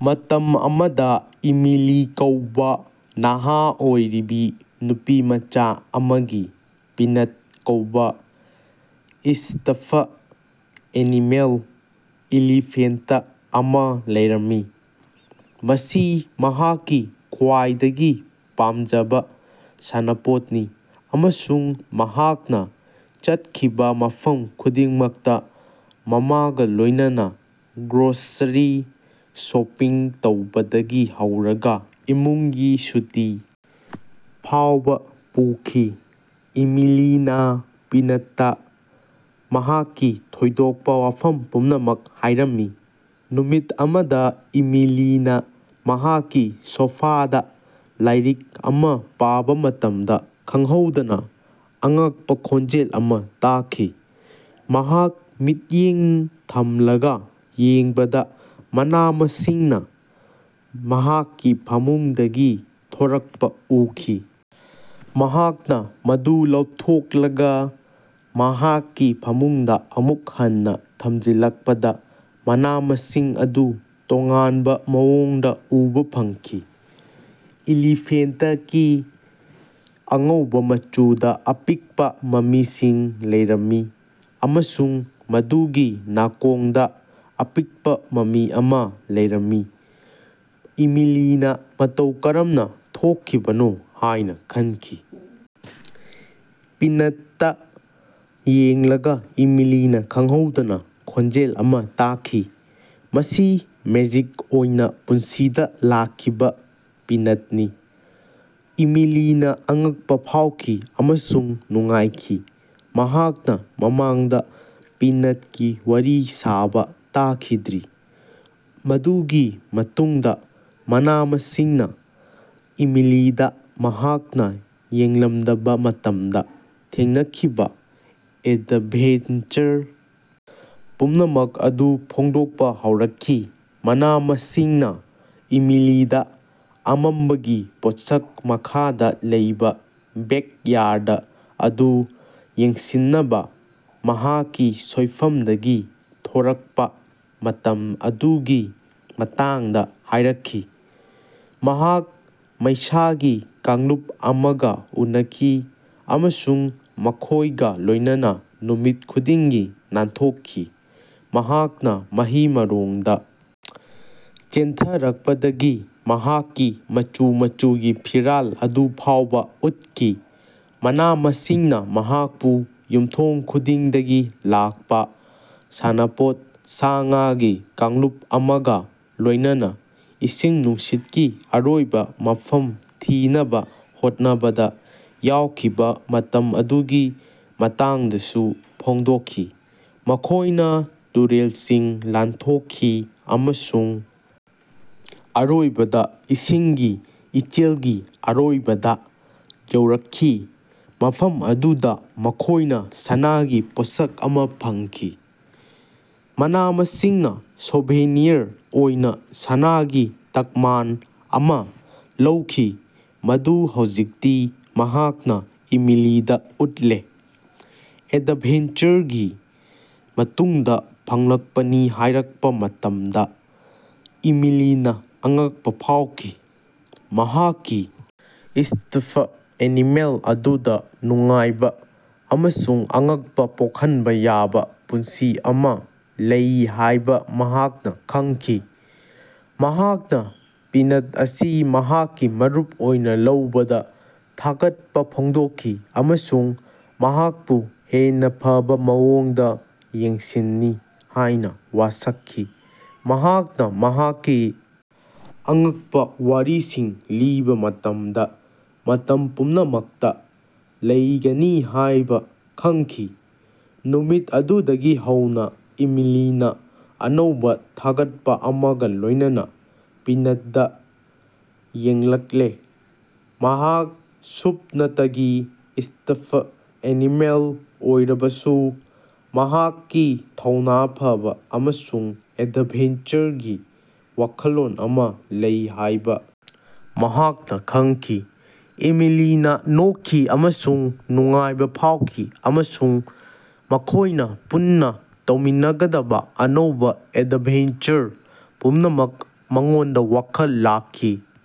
ꯃꯇꯝ ꯑꯃꯗ ꯏꯃꯤꯂꯤ ꯀꯧꯕꯥ ꯅꯍꯥ ꯑꯣꯏꯔꯤꯕꯤ ꯅꯨꯄꯤꯃꯆꯥ ꯑꯃꯒꯤ ꯄꯤꯅꯠ ꯀꯧꯕ ꯏꯁꯇꯐ ꯑꯦꯅꯤꯃꯦꯜ ꯏꯂꯤꯐꯦꯟꯇ ꯑꯃ ꯂꯩꯔꯝꯃꯤ꯫ ꯃꯁꯤ ꯃꯍꯥꯛꯀꯤ ꯈ꯭ꯋꯥꯏꯗꯒꯤ ꯄꯥꯝꯖꯕ ꯁꯥꯟꯅꯄꯣꯠꯅꯤ ꯑꯃꯁꯨꯡ ꯃꯍꯥꯛꯅ ꯆꯠꯈꯤꯕꯥ ꯃꯐꯝ ꯈꯨꯗꯤꯡꯃꯛꯇ ,ꯃꯃꯥꯒ ꯂꯣꯏꯅꯅ ꯒ꯭ꯔꯣꯁꯔꯤ ꯁꯣꯄꯤꯡ ꯇꯧꯕꯗꯒꯤ ꯍꯧꯔꯒꯥ ꯏꯃꯨꯡꯒꯤ ꯁꯨꯇꯤ ꯐꯥꯎꯕ ꯄꯨꯈꯤ꯫ ꯏꯃꯤꯂꯤꯅꯥ ꯄꯤꯅꯠꯇ ꯃꯍꯥꯛꯀꯤ ꯊꯣꯏꯗꯣꯛꯄ ꯋꯥꯐꯝ ꯄꯨꯝꯅꯃꯛ ꯍꯥꯏꯔꯝꯃꯤ ꯫ ꯅꯨꯃꯤꯠ ꯑꯃꯗꯥ ꯏꯃꯤꯂꯤꯅ ꯃꯍꯥꯛꯀꯤ ꯁꯣꯐꯥꯗ ꯂꯥꯏꯔꯤꯛ ꯑꯃ ꯄꯥꯕ ꯃꯇꯝꯗ ꯈꯪꯍꯧꯗꯅ ꯑꯉꯛꯄ ꯈꯣꯟꯖꯦꯜ ꯑꯃ ꯇꯥꯈꯤ꯫ ꯃꯍꯥꯛ ꯃꯤꯠꯌꯦꯡ ꯊꯝꯂꯒ ꯌꯦꯡꯕꯗꯥ ꯃꯅꯥ-ꯃꯁꯤꯡꯅꯥ ꯃꯍꯥꯛꯀꯤ ꯐꯃꯨꯡꯗꯒꯤ ꯊꯣꯔꯛꯄ ꯎꯈꯤ꯫ ꯃꯍꯥꯛꯅ ꯃꯗꯨ ꯂꯧꯊꯣꯛꯂꯒ ꯃꯍꯥꯛꯀꯤ ꯐꯃꯨꯡꯗ ꯑꯃꯨꯛ ꯍꯟꯅ ꯊꯝꯖꯤꯜꯂꯛꯄꯗ ꯃꯅꯥ-ꯃꯁꯤꯡ ꯑꯗꯨ ꯇꯣꯉꯥꯟꯕ ꯃꯑꯣꯡꯗ ꯎꯕ ꯐꯪꯈꯤ꯫ ꯏꯂꯤꯐꯦꯟꯇꯀꯤ ꯑꯉꯧꯕ ꯃꯆꯨꯗ ꯑꯄꯤꯛꯄ ꯃꯃꯤꯁꯤꯡ ꯂꯩꯔꯝꯃꯤ ꯑꯃꯁꯨꯡ ꯃꯗꯨꯒꯤ ꯅꯥꯀꯣꯡꯗ ꯑꯄꯤꯛꯄ ꯃꯃꯤ ꯑꯃ ꯂꯩꯔꯝꯃꯤ꯫ ꯏꯃꯤꯂꯤꯅ ꯃꯇꯧ ꯀꯔꯝꯅ ꯊꯣꯛꯈꯤꯕꯅꯣ ꯍꯥꯏꯅ ꯈꯟꯈꯤ꯫ ꯄꯤꯅꯠꯇ ꯌꯦꯡꯂꯒ ꯏꯃꯤꯂꯤꯅ ꯈꯪꯍꯧꯗꯅ ꯈꯣꯟꯖꯦꯜ ꯑꯃ ꯇꯥꯈꯤ꯫ ꯃꯁꯤ ꯃꯦꯖꯤꯛ ꯑꯣꯏꯅ ꯄꯨꯟꯁꯤꯗ ꯂꯥꯛꯈꯤꯕ ꯄꯤꯅꯠꯅꯤ꯫ ꯏꯃꯤꯂꯤꯅꯥ ꯑꯉꯛꯄ ꯐꯥꯎꯈꯤ ꯑꯃꯁꯨꯡ ꯅꯨꯡꯉꯥꯏꯈꯤ; ꯃꯍꯥꯛꯅ ꯃꯃꯥꯡꯗ ꯄꯤꯅꯠꯀꯤ ꯋꯥꯔꯤ ꯁꯥꯕꯥ ꯇꯥꯈꯤꯗ꯭ꯔꯤ꯫ ꯃꯗꯨꯒꯤ ꯃꯇꯨꯡꯗ ꯃꯅꯥ-ꯃꯁꯤꯡꯅ ꯏꯃꯤꯂꯤꯗ ꯃꯍꯥꯛꯅ ꯌꯦꯡꯂꯝꯗꯕ ꯃꯇꯝꯗ ꯊꯦꯡꯅꯈꯤꯕ ꯑꯦꯟꯇꯚꯦꯟꯆꯔ ꯄꯨꯝꯅꯃꯛ ꯑꯗꯨ ꯐꯣꯡꯗꯣꯛꯄ ꯍꯧꯔꯛꯈꯤ꯫ꯃꯅꯥ-ꯃꯁꯤꯡꯅ ꯏꯃꯤꯂꯤꯗꯥ ꯑꯃꯝꯕꯒꯤ ꯄꯣꯠꯁꯛ ꯃꯈꯥꯗ ꯂꯩꯕ ꯕꯦꯛꯌꯥꯔꯗ ꯑꯗꯨ ꯌꯦꯡꯁꯤꯟꯅꯕ ꯃꯍꯥꯛꯀꯤ ꯁꯣꯏꯐꯝꯗꯒꯤ ꯊꯣꯔꯛꯄꯥ ꯃꯇꯝ ꯑꯗꯨꯒꯤ ꯃꯇꯥꯡꯗꯥ ꯍꯥꯏꯔꯛꯈꯤ꯫ ꯃꯍꯥꯛ ꯃꯩꯁꯥꯒꯤ ꯀꯥꯡꯂꯨꯞ ꯑꯃꯒꯥ ꯎꯅꯈꯤ ꯑꯃꯁꯨꯡ ꯃꯈꯣꯏꯒ ꯂꯣꯏꯅꯅ ꯅꯨꯃꯤꯠ ꯈꯨꯗꯤꯡꯒꯤ ꯅꯥꯟꯊꯣꯛꯈꯤ꯫ ꯃꯍꯥꯛꯅꯥ ꯃꯍꯩ ꯃꯔꯣꯡꯗ ꯆꯦꯟꯊꯔꯛꯄꯗꯒꯤ ꯃꯍꯥꯛꯀꯤ ꯃꯆꯨ - ꯃꯆꯨꯒꯤ ꯐꯤꯔꯥꯜ ꯑꯗꯨ ꯐꯥꯎꯕꯥ ꯎꯠꯈꯤ꯫ ꯃꯅꯥ-ꯃꯁꯤꯡꯅ ꯃꯍꯥꯛꯄꯨ ꯌꯨꯝꯊꯣꯡ ꯈꯨꯗꯤꯡꯗꯒꯤ ꯂꯥꯛꯄꯥ ꯁꯥꯟꯅꯄꯣꯠ ꯁꯥ-ꯉꯥꯒꯤ ꯀꯥꯡꯂꯨꯞ ꯑꯃꯒꯥ ꯂꯣꯏꯅꯅ ꯏꯁꯤꯡ ꯅꯨꯡꯁꯤꯠꯀꯤ ꯑꯔꯣꯏꯕ ꯃꯐꯝ ꯊꯤꯅꯕ ꯍꯣꯠꯅꯕꯗ ꯌꯥꯎꯈꯤꯕ ꯃꯇꯝ ꯑꯗꯨꯒꯤ ꯃꯇꯥꯡꯗꯁꯨ ꯐꯣꯡꯗꯣꯛꯈꯤ꯫ꯃꯈꯣꯏꯅꯥ ꯇꯨꯔꯦꯜꯁꯤꯡ ꯂꯥꯟꯊꯣꯛꯈꯤ, ꯑꯃꯁꯨꯡ ꯑꯔꯣꯏꯕꯗ ꯏꯁꯤꯡꯒꯤ ꯏꯆꯦꯜꯒꯤ ꯑꯔꯣꯏꯕꯗꯥ ꯌꯧꯔꯛꯈꯤ, ꯃꯐꯝ ꯑꯗꯨꯗꯥ ꯃꯈꯣꯏꯅ ꯁꯅꯥꯒꯤ ꯄꯣꯠꯁꯛ ꯑꯃ ꯐꯪꯈꯤ꯫ ꯃꯅꯥ-ꯃꯁꯤꯡꯅ ꯁꯣꯚꯦꯅꯤꯌꯔ ꯑꯣꯏꯅ ꯁꯅꯥꯒꯤ ꯇꯛꯃꯥꯟ ꯑꯃꯥ ꯂꯧꯈꯤ, ꯃꯗꯨ ꯍꯧꯖꯤꯛꯇꯤ ꯃꯍꯥꯛꯅ ꯏꯃꯤꯂꯤꯗ ꯎꯠꯂꯦ꯫ ꯑꯦꯗꯚꯦꯟꯆꯔꯒꯤ ꯃꯇꯨꯡꯗꯥ ꯐꯪꯂꯛꯄꯅꯤ ꯍꯥꯏꯔꯛꯄ ꯃꯇꯝꯗ ꯏꯃꯤꯂꯤꯅ ꯑꯉꯛꯄ ꯐꯥꯎꯈꯤ꯫ ꯃꯍꯥꯛꯀꯤ ꯁ꯭ꯇꯐ ꯑꯦꯅꯤꯃꯦꯜ ꯑꯗꯨꯗ ꯅꯨꯡꯉꯥꯏꯕ ꯑꯃꯁꯨꯡ ꯑꯉꯛꯄꯥ ꯄꯣꯛꯍꯟꯕ ꯌꯥꯕ ꯄꯨꯟꯁꯤ ꯑꯃ ꯂꯩ ꯍꯥꯏꯕ ꯃꯍꯥꯛꯅ ꯈꯪꯈꯤ꯫ ꯃꯍꯥꯛꯅ ꯄꯤꯅꯠ ꯑꯁꯤ ꯃꯍꯥꯛꯀꯤ ꯃꯔꯨꯞ ꯑꯣꯏꯅ ꯂꯧꯕꯗ ꯊꯥꯒꯠꯄ ꯐꯣꯡꯗꯣꯛꯈꯤ ꯑꯃꯁꯨꯡ ꯃꯍꯥꯛꯄꯨ ꯍꯦꯟꯅꯥ ꯐꯕꯥ ꯃꯑꯣꯡꯗꯥ ꯌꯦꯡꯁꯤꯟꯅꯤ ꯍꯥꯏꯅ ꯋꯥꯁꯛꯈꯤ, ꯃꯍꯥꯛꯅ ꯃꯍꯥꯛꯀꯤ ꯑꯉꯛꯄꯥ ꯋꯥꯔꯤꯁꯤꯡ ꯂꯤꯕꯥ ꯃꯇꯝꯗ ꯃꯇꯝ ꯄꯨꯝꯅꯃꯛꯇꯥ ꯂꯩꯒꯅꯤ ꯍꯥꯏꯕ ꯈꯪꯈꯤ꯫ ꯅꯨꯃꯤꯠ ꯑꯗꯨꯗꯒꯤ ꯍꯧꯅ ꯏꯃꯤꯂꯤꯅ ꯑꯅꯧꯕ ꯊꯥꯒꯠꯄ ꯑꯃꯒ ꯂꯣꯏꯅꯅ ꯄꯤꯅꯠꯗ ꯌꯦꯡꯂꯛꯂꯦ꯫ ꯃꯍꯥꯛ ꯁꯨꯞꯅꯇꯒꯤ ꯁ꯭ꯇꯐ ꯑꯦꯅꯤꯃꯦꯜ ꯑꯣꯏꯔꯕꯁꯨ ꯃꯍꯥꯛꯀꯤ ꯊꯧꯅꯥ ꯐꯕ ꯑꯃꯁꯨꯡ ꯑꯦꯗꯚꯦꯟꯆꯔꯒꯤ ꯋꯥꯈꯜꯂꯣꯟ ꯑꯃ ꯂꯩ ꯍꯥꯏꯕ ꯃꯍꯥꯛꯅ ꯈꯪꯈꯤ꯫ ꯏꯃꯤꯂꯤꯅ ꯅꯣꯛꯈꯤ ꯑꯃꯁꯨꯡ ꯅꯨꯡꯉꯥꯏꯕ ꯐꯥꯎꯈꯤ ꯑꯃꯁꯨꯡ ꯃꯈꯣꯏꯅ ꯄꯨꯟꯅ ꯇꯧꯃꯤꯟꯅꯒꯗꯕ ꯑꯅꯧꯕ ꯑꯦꯗꯚꯦꯟꯆꯔ ꯄꯨꯝꯅꯃꯛ ꯃꯉꯣꯟꯗ ꯋꯥꯈꯜ ꯂꯥꯛꯈꯤ꯫